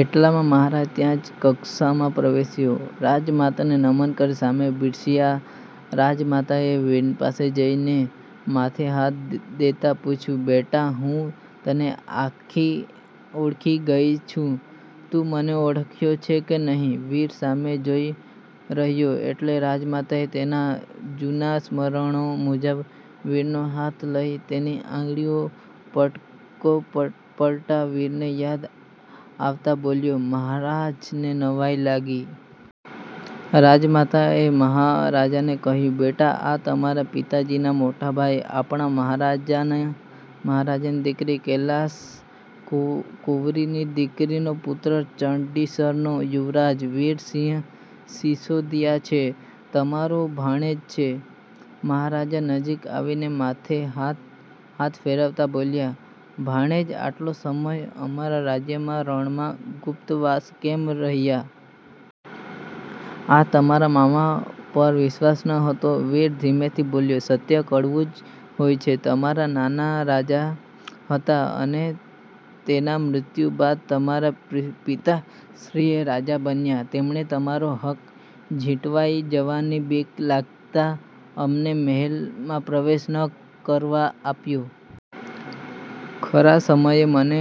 એટલામાં મહારાજ ત્યાં યુવાનના કક્ષમાં પ્રવેશ્યાં. રાજમાતાને નમન કરી સામે બિરાજ્યાં. રાજમાતાએ વીરની પાસે જઈને માથે હાથ દેતા પૂછ્યું,"બેટા હું તને ઓળખી ગઈ છું, તું મને ઓળખે છે કે નહીં?" વીર સામું જોઈ રહયો એટલે રાજમાતાએ તેનાં જુના સંસ્મરણો મુજબ વીરનો હાથ લઇને તેની આંગળીએ પટાકો પાડતાં વીરને યાદ આવતાં બોલ્યો, મહારાજને નવાઈ લાગી. રાજમાતાએ મહારાજને કહ્યું,"બેટા આ તારા પિતાનાં મોટાભાઈ આપડા મહારાજાની દિકરી કૈલાસકુંવરીની દીકરીનો પૂત્ર ચંડીસરનો યુવરાજ વીરસિંહ સીસોદીયા છે. તમારો ભાણેજ છે." મહારાજ નજીક આવીને માથે હાથ ફેરવતાં બોલ્યાં,"ભાણેજ આટલો સમય અમારા રાજ્યના રણમાં ગુપ્તવાસ કેમ રહ્યાં? આ તમારાં મામા પર વિશ્વાસ ન હતો?" વીર ધીમેથી બોલ્યો,"સત્ય કડવું હોય છે. મારાં નાનાં રાજા હતાં, અને તેમનાં મૃત્યુ બાદ તમારાં પિતાશ્રી રાજા બન્યાં. તેમણે તમારો હક ઝુંટવાઈ જવાની બીક લાગતાં અમને મહેલમાં પ્રવેશ ન આપ્યો. ખરાં સમયે મને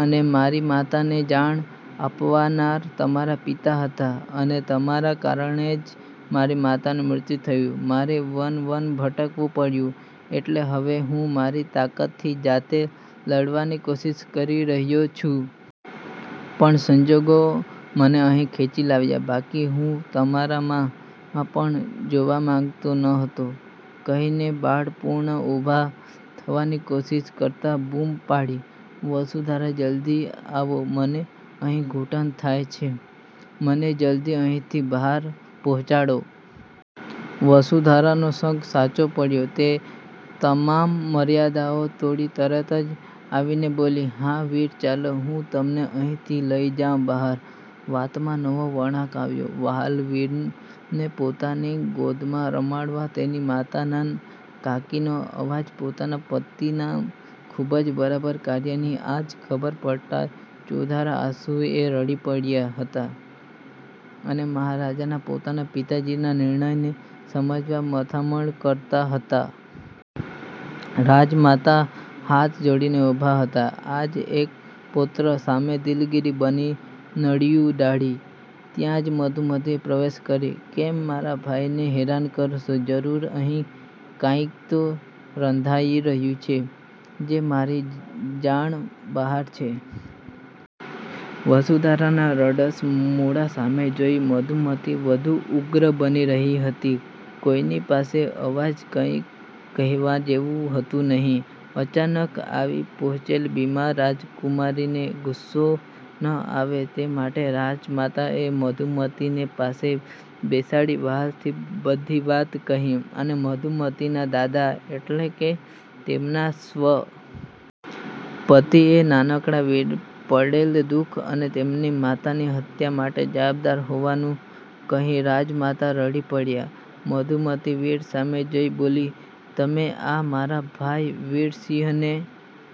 અને મારી માતાને જાકારો આપનાર તમારાં પિતા હતાં, અને તમારાં કારણે જ મારી માતાનું મૃત્યુ થયું, મારે વન-વન ભટકવું પડ્યું. એટલે હવે હું મારી તાકતથી જાતે લડવાની કોશિશ કરી રહયો છું. પણ સંજોગો મને અહીં ખેંચી લાવ્યાં. બાકી હું તમારુ મો પણ જોવા માંગતો ન હતો." કહીને તેને બળપૂર્વક ઊભાં થવાની કોશિશ કરતાં બૂમ પાડી,"વસુંધરા જલ્દી આવો, મને અહીં ઘુટન થાય છે. મને જલ્દી અહીંથી બહાર પહોંચાડો." વસુંધરાનો શક સાચો પડ્યો તે તમામ મર્યાદા તોડી તરત આવીને બોલી,"હાં વીર ચાલો હું તમને અહીંથી લઈ જાવ બહાર." વાતમાં નવો વણાંક આવ્યો, વ્હાલા વીરને પોતાની ગોદમાં રમાડનાર તેની માતાનાં કાકીમા આજ પોતાનાં પતિનાં ખુબ જ ખરાબ કાર્યની આજ ખબર પડતાં ચોધાર આંસુએ રડી રહ્યાં હતાં, અને મહારાજ પોતાનાં પિતાજીના નિર્ણયને સમજવા મથામણ કરતાં હતાં. રાજમાતા હાથ જોડીને ઊભાં હતાં આજ એક પૌત્ર સામે દિલગીર બની નજર્યું ઢાળી. ત્યાં જ મધુમતી પ્રવેશ કરે છે,"કેમ મારા ભાઈને હેરાન કરો છો? જરૂર અહીં કાંઈક તો રંધાઈ રહ્યુ છે, જે મારી જાણ બહાર છે." વસુંધરાના રડમશ મોઢા સામું જોઈ મધુમતી વઘુ ઉગ્ર બની રહી હતી. કોઈની પાસે આજ કાંઈ કહેવા જેવું હતું નહીં. અચાનક આવી પહોંચેલ બીમાર રાજકુમારીને ગુસ્સો ન આવે તે માટે રાજમાતાએ મધુમતીને પાસે બેસાડી વ્હાલથી બધી વાત કહી અને મધુમતીનાં દાદા એટલે કે તેમનાં સ્વ. પતિ જ આ નાનકડાં વીરને પડેલ દુખ અને તેની માતાની હત્યા માટે જવાબદાર હોવાનું કહી રાજમાતા રડી પડ્યાં. મધુમતી વીર સામું જોઈ બોલી,"તમે આ મારા ભાઈ વીરસિંહને